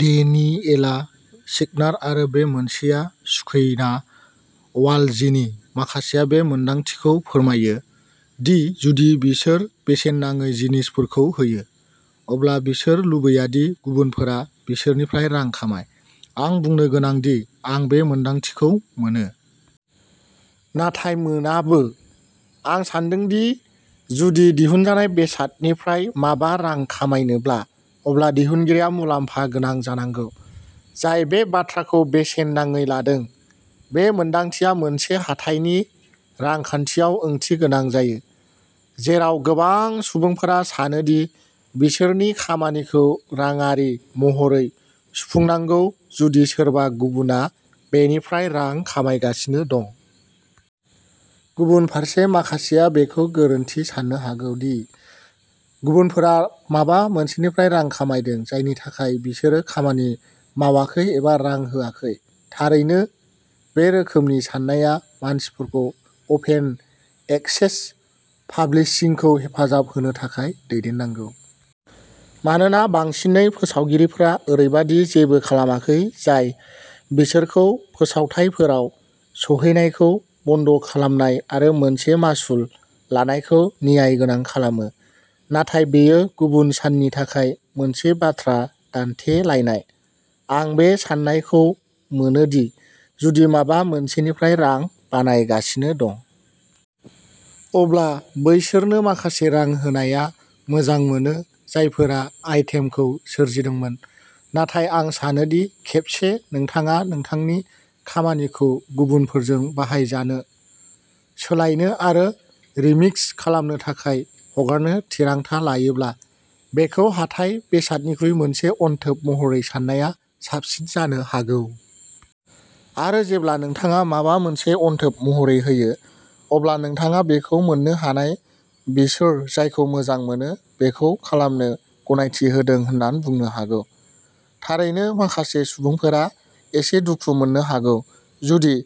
Daniela सिगनार आरो बे मोनसेया सुकैना वालजिनि। माखासेया बे मोन्दांथिखौ फोरमायो दि जुदि बिसोर बेसेन नाङै जिनिसफोरखौ होयो। अब्ला बिसोर लुबैया दि गुबुनफोरा बिसोरनिफ्राय रां खामाय। आं बुंनो गोनां दि आं बे मोनदांथिखौ मोनो। नाथाय मोनाबो। आं सान्दों दि जुदि दिहुनजानाय बेसादनिफ्राय माबा रां खामायनोब्ला, अब्ला दिहुनगिरिया मुलाम्फा गोनां जानांगौ। जाय बे बाथ्राखौ बेसेन नाङै लादों। बे मोनदांथिया मोनसे हाथाइनि रांखान्थियाव ओंथिगोनां जायो। जेराव गोबां सुबुंफोरा सानो दि बिसोरनि खामानिखौ रांआरि महरै सुफुंनांगौ जुदि सोरबा गुबुनआ बेनिफ्राय रां खामायगासिनो दं। गुबुन फारसे माखासेया बेखौ गोरोन्थि साननो हागौ दि गुबुनफोरा माबा मोनसेनिफ्राय रां खामायदों जायनि थाखाय बिसोरो खामानि मावाखै एबा रां होआखै। थारैनो। बे रोखोमनि साननाया मानसिफोरखौ अपेन एक्सेस पाब्लिशिंखौ हेफाजाब होनो थाखाय दैदेननांगौ। मानोना, बांसिनै फोसावगिरिफोरा ओरैबायदि जेबो खालामाखै जाय बिसोरखौ फोसावथायफोराव सौहैनायखौ बन्द'खालामनाय आरो मोनसे मासुल लानायखौ न्यायगोनां खालामो। नाथाय बेयो गुबुन साननि थाखाय मोनसे बाथ्रा दान्थेलायनाय। आं बे साननायखौ मोनो दि जुदि माबा मोनसेनिफ्राय रां बानायगासिनो दं। अब्ला बैसोरनो माखासे रां होनाया मोजां मोनो जायफोरा आइटेमखौ सोरजिदोंमोन। नाथाय आं सानो दि खेबसे नोंथाङा नोंथांनि खामानिखौ गुबुनफोरजों बाहायजानो, सोलायनो आरो रिमिक्स खालामनो थाखाय हगारनो थिरांथा लायोब्ला। बेखौ हाथाइ बेसादनिख्रुइ मोनसे अनथोब महरै साननाया साबसिन जानो हागौ। आरो जेब्ला नोंथाङा माबा मोनसे अनथोब महरै होयो। अब्ला नोंथाङा बेखौ मोननो हानाय बिसोर जायखौ मोजां मोनो बेखौ खालामनो गनायथि होदों होनना बुंनो हागौ। थारैनो, माखासे सुबुंफोरा एसे दुखु मोननो हागौ जुदि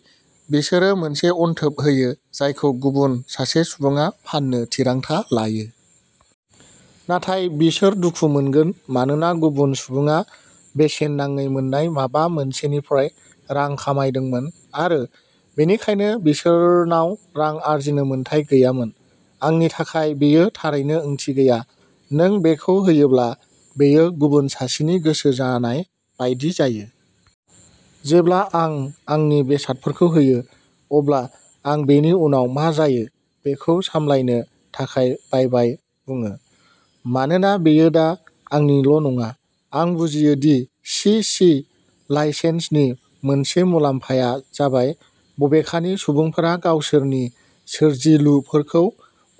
बिसोरो मोनसे अनथोब होयो जायखौ गुबुन सासे सुबुङा फाननो थिरांथा लायो। नाथाय बिसोर दुखु मोनगोन मानोना गुबुन सुबुङा बेसेन नाङै मोन्नाय माबा मोनसेनिफ्राय रां खामायदोंमोन आरो बेनिखायनो बिसोरनाव रां आर्जिनो मोन्थाइ गैयामोन? आंनि थाखाय बेयो थारैनो ओंथि गैया। नों बेखौ होयोब्ला बेयो गुबुन सासेनि गोसो जानाय बायदि जायो। जेब्ला आं आंनि बेसादफोरखौ होयो। अब्ला आं बेनि उनाव मा जायो बेखौ सामलायनो थाखाय बायबाय बुङो। मानोना बेयो दा आंनिल' नङा। आं बुजियो दि सि सि लाइसेन्सनि मोनसे मुलाम्फाया जाबाय बबेखानि सुबुंफोरा गावसोरनि सोरजिलुफोरखौ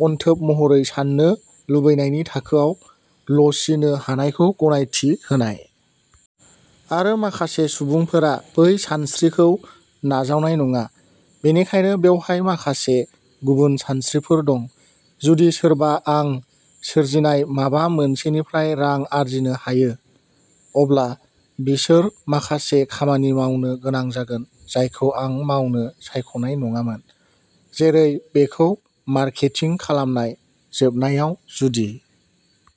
अनथोब महरै साननो लुबैनायनि थाखोआव लचिनो हानायखौ गनायथि होनाय। आरो माखासे सुबुंफोरा बै सानस्रिखौ नाजावनाय नङा। बेनिखायनो बेवहाय माखासे गुबुन सानस्रिफोर दं। जुदि सोरबा आं सोरजिनाय माबा मोनसेनिफ्राय रां आर्जिनो हायो। अब्ला बिसोर माखासे खामानि मावनो गोनां जागोन जायखौ आं मावनो सायख'नाय नङामोन। जेरै बेखौ मार्केटिं खालामनाय। जोबनायाव जुदि